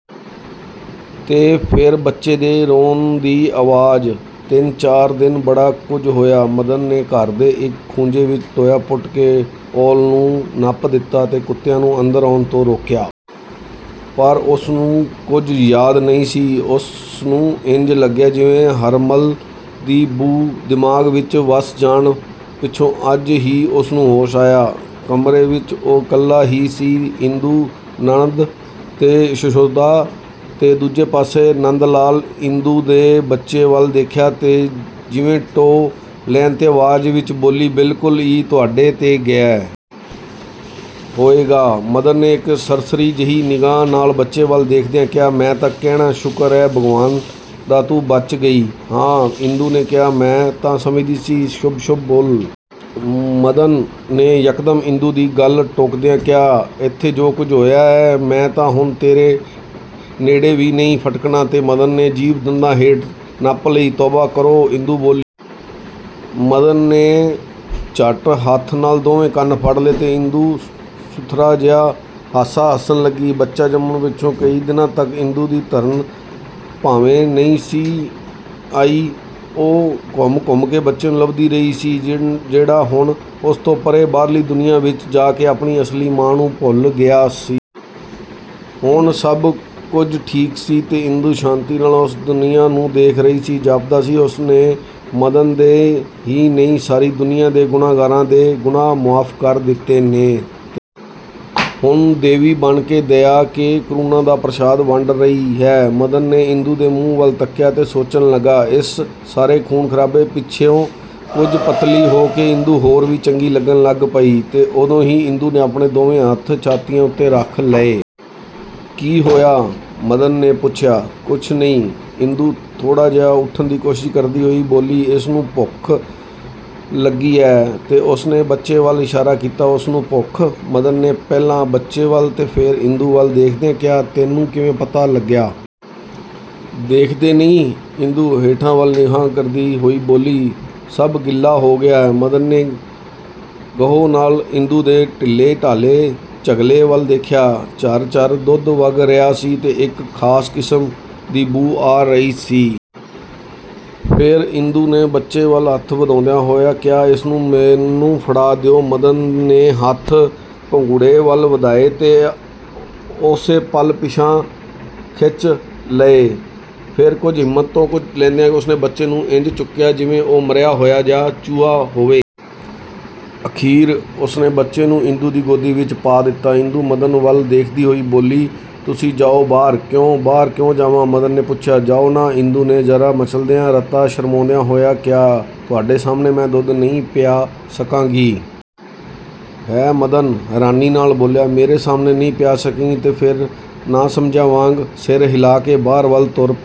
" ਤੇ ਫੇਰ ਬੱਚੇ ਕੇ ਰੋਣ ਦੀ ਆਵਾਜ਼… ਤਿੰਨ ਚਾਰ ਦਿਨ ਬੜਾ ਕੁਝ ਹੋਇਆ। ਮਦਨ ਨੇ ਘਰ ਦੇ ਇਕ ਖੂੰਜੇ ਵਿਚ ਟੋਇਆ ਪੁੱਟ ਕੇ ਔਲ ਨੂੰ ਨੱਪ ਦਿਤਾ। ਕੁੱਤਿਆਂ ਨੂੰ ਅੰਦਰ ਆਉਣ ਤੋਂ ਰੋਕਿਆ। ਪਰ ਉਸਨੂੰ ਕੁਝ ਯਾਦ ਨਹੀਂ ਸੀ। ਉਸਨੂੰ ਇੰਜ ਲੱਗਿਆ ਜਿਵੇਂ ਹਰਮਲ ਦੀ ਬੂ ਦਿਮਾਗ ਵਿਚ ਵੱਸ ਜਾਣ ਪਿੱਛੋਂ ਅੱਜ ਹੀ ਉਸਨੂੰ ਹੋਸ਼ ਆਇਆ ਹੈ। ਕਮਰੇ ਵਿਚ ਉਹ ਇਕੱਲਾ ਹੀ ਸੀ ਤੇ ਇੰਦੂ-ਨੰਦ ਤੇ ਯਸ਼ੋਧਾ-ਤੇ ਦੂਜੇ ਪਾਸੇ ਨੰਦਲਾਲ-ਇੰਦੂ ਨੇ ਬੱਚੇ ਵੱਲ ਦੇਖਿਆ ਤੇ ਜਿਵੇਂ ਟੋਹ ਲੈਣ ਦੇ ਅੰਦਾਜ਼ ਵਿਚ ਬੋਲੀ-"ਬਿਲਕੁਲ ਈ ਤੁਹਾਡੇ 'ਤੇ ਗਿਐ! " "ਹੋਵੇਗਾ," ਮਦਨ ਨੇ ਇਕ ਸਰਸਰੀ ਜਿਹੀ ਨਿਗਾਹ ਨਾਲ ਬੱਚੇ ਵੱਲ ਦੇਖਦਿਆਂ ਕਿਹਾ-"ਮੈਂ ਤਾਂ ਕਹਿਣਾ ਸ਼ੁਕਰ ਏ ਭਗਵਾਨ ਦਾ ਤੂੰ ਬਚ ਗਈ। " "ਹਾਂ! " ਇੰਦੂ ਨੇ ਕਿਹਾ-"ਮੈਂ ਤਾਂ ਸਮਝਦੀ ਸੀ… " "ਸ਼ੁਭ–ਸ਼ੁਭ ਬੋਲ। " ਮਦਨ ਨੇ ਯਕਦਮ ਇੰਦੂ ਦੀ ਗੱਲ ਟੁੱਕਦਿਆਂ ਕਿਹਾ-"ਏਥੇ ਜੋ ਕੁਝ ਹੋਇਆ ਏ-ਮੈਂ ਤਾਂ ਹੁਣ ਤੇਰੇ ਨੇੜੇ ਵੀ ਨਹੀ ਫਟਕਣਾ। " ਤੇ ਮਦਨ ਨੇ ਜੀਭ ਦੰਦਾਂ ਹੇਠ ਨੱਪ ਲਈ। "ਤੌਬਾ ਕਰੋ। " ਇੰਦੂ ਬੋਲੀ। ਮਦਨ ਨੇ ਝੱਟ ਹੱਥ ਨਾਲ ਦੋਵੇਂ ਕੰਨ ਫੜ੍ਹ ਲਏ ਤੇ ਇੰਦੂ ਸੁਥਰਾ ਜਿਹਾ ਹਾਸਾ ਹੱਸਣ ਲੱਗੀ। ਬੱਚਾ ਜੰਮਣ ਪਿੱਛੋਂ ਕਈ ਦਿਨਾਂ ਤਕ ਇੰਦੂ ਦੀ ਧਰਨ ਥਾਵੇਂ ਨਹੀਂ ਸੀ ਆਈ। ਉਹ ਘੁੰਮ ਘੁੰਮ ਕੇ ਬੱਚੇ ਨੂੰ ਲੱਭਦੀ ਰਹੀ ਸੀ, ਜਿਹੜਾ ਹੁਣ ਉਸ ਤੋਂ ਪਰ੍ਹੇ ਬਾਹਰਲੀ ਦੁਨੀਆਂ ਵਿਚ ਜਾ ਕੇ ਆਪਣੀ ਅਸਲੀ ਮਾਂ ਨੂੰ ਭੁੱਲ ਗਿਆ ਸੀ। ਹੁਣ ਸਭ ਕੁਝ ਠੀਕ ਸੀ ਤੇ ਇੰਦੂ ਸ਼ਾਂਤੀ ਨਾਲ ਉਸ ਦੁਨੀਆਂ ਨੂੰ ਵੇਖ ਰਹੀ ਸੀ। ਜਾਪਦਾ ਸੀ ਉਸਨੇ ਮਦਨ ਦੇ ਹੀ ਨਹੀਂ ਸਾਰੀ ਦੁਨੀਆਂ ਦੇ ਗੁਨਾਹਗਾਰਾਂ ਦੇ ਗੁਨਾਹ ਮੁਆਫ਼ ਕਰ ਦਿਤੇ ਨੇ ਤੇ ਹੁਣ ਦੇਵੀ ਬਣ ਕੇ ਦਯਾ ਤੇ ਕਰੂਣਾ ਦਾ ਪ੍ਰਸ਼ਾਦ ਵੰਡ ਰਹੀ ਹੈ… ਮਦਨ ਨੇ ਇੰਦੂ ਦੇ ਮੂੰਹ ਵੱਲ ਤੱਕਿਆ ਤੇ ਸੋਚਣ ਲੱਗਾ-ਇਸ ਸਾਰੇ ਖ਼ੂਨ ਖ਼ਰਾਬੇ ਪਿੱਛੋਂ ਕੁਝ ਪਤਲੀ ਹੋ ਕੇ ਇੰਦੂ ਹੋਰ ਵੀ ਚੰਗੀ ਲੱਗਣ ਲੱਗ ਪਈ ਹੈ… ਉਦੋਂ ਹੀ ਇੰਦੂ ਨੇ ਆਪਣੇ ਦੋਵੇਂ ਹੱਥ ਛਾਤੀਆਂ ਉੱਤੇ ਰੱਖ ਲਏ। "ਕੀ ਹੋਇਆ? " ਮਦਨ ਨੇ ਪੁੱਛਿਆ। "ਕੁਸ਼ ਨੀਂ," ਇੰਦੂ ਥੋੜ੍ਹਾ ਜਿਹਾ ਉਠਣ ਦੀ ਕੋਸ਼ਿਸ਼ ਕਰਦੀ ਹੋਈ ਬੋਲੀ-"ਇਸਨੂੰ ਭੁੱਖ ਲੱਗੀ ਐ। " ਤੇ ਉਸਨੇ ਬੱਚੇ ਵੱਲ ਇਸ਼ਾਰਾ ਕੀਤਾ। "ਇਸ ਨੂੰ?… ਭੁੱਖ?… " ਮਦਨ ਨੇ ਪਹਿਲਾਂ ਬੱਚੇ ਵੱਲ ਤੇ ਫੇਰ ਇੰਦੂ ਵੱਲ ਦੇਖਦਿਆਂ ਕਿਹਾ-"ਤੈਨੂੰ ਕਿਵੇਂ ਪਤਾ ਲੱਗਿਆ? " "ਦੇਖਦੇ ਨੀਂ…! " ਇੰਦੂ ਹੇਠਾਂ ਵੱਲ ਨਿਗਾਹਾਂ ਕਰਦੀ ਹੋਈ ਬੋਲੀ-"ਸਭ ਗਿੱਲਾ ਹੋ ਗਿਐ! " ਮਦਨ ਨੇ ਗਹੂ ਨਾਲ ਇੰਦੂ ਦੇ ਢਿੱਲੇ ਢਾਲੇ ਝਗਲੇ ਵੱਲ ਦੇਖਿਆ। ਝਰ–ਝਰ ਦੁੱਧ ਵਗ ਰਿਹਾ ਸੀ ਤੇ ਇਕ ਖਾਸ ਕਿਸਮ ਦੀ ਬੂ ਆ ਰਹੀ ਸੀ। ਫੇਰ ਇੰਦੂ ਨੇ ਬੱਚੇ ਵੱਲ ਹੱਥ ਵਧਾਉਂਦਿਆਂ ਹੋਇਆਂ ਕਿਹਾ-"ਇਸਨੂੰ ਮੈਨੂੰ ਫੜਾ ਦਿਓ। " ਮਦਨ ਨੇ ਹੱਥ ਭੰਗੂੜੇ ਵੱਲ ਵਧਾਏ ਤੇ ਉਸੇ ਪਲ ਪਿਛਾਂਹ ਖਿੱਚ ਲਏ। ਫੇਰ ਕੁਝ ਹਿੰਮਤ ਤੋਂ ਕੰਮ ਲੈਂਦਿਆਂ ਉਸਨੇ ਬੱਚੇ ਨੂੰ ਇੰਜ ਚੁੱਕਿਆ, ਜਿਵੇਂ ਉਹ ਮਰਿਆ ਹੋਇਆ ਚੂਹਾ ਹੋਵੇ। ਅਖ਼ੀਰ ਉਸਨੇ ਬੱਚੇ ਨੂੰ ਇੰਦੂ ਦੀ ਗੋਦੀ ਵਿਚ ਪਾ ਦਿਤਾ। ਇੰਦੂ ਮਦਨ ਵੱਲ ਦੇਖਦੀ ਹੋਈ ਬੋਲੀ-"ਤੁਸੀਂ ਜਾਓ ਬਾਹਰ… " "ਕਿਉਂ?… ਬਾਹਰ ਕਿਉਂ ਜਾਵਾਂ? " ਮਦਨ ਨੇ ਪੁੱਛਿਆ। "ਜਾਓ ਨਾ… " ਇੰਦੂ ਨੇ ਜ਼ਰਾ ਮਚਲਦਿਆਂ ਰਤਾ ਸ਼ਰਮਾਉਂਦਿਆਂ ਹੋਇਆਂ ਕਿਹਾ-"ਤੁਹਾਡੇ ਸਾਹਮਣੇ ਮੈਂ ਦੁੱਧ ਨਈਂ ਪਿਆ ਸਕਾਂਗੀ। " "ਹੈਂ! " ਮਦਨ ਹੈਰਾਨੀ ਨਾਲ ਬੋਲਿਆ-"ਮੇਰੇ ਸਾਹਮਣੇ… ਨਹੀਂ ਪਿਆ ਸਕੇਂਗੀ! " ਤੇ ਫੇਰ ਨਾਸਮਝਾਂ ਵਾਗ ਸਿਰ ਹਿਲਾਅ ਕੇ ਬਾਹਰ ਵੱਲ ਤੁਰ ਪਿਆ।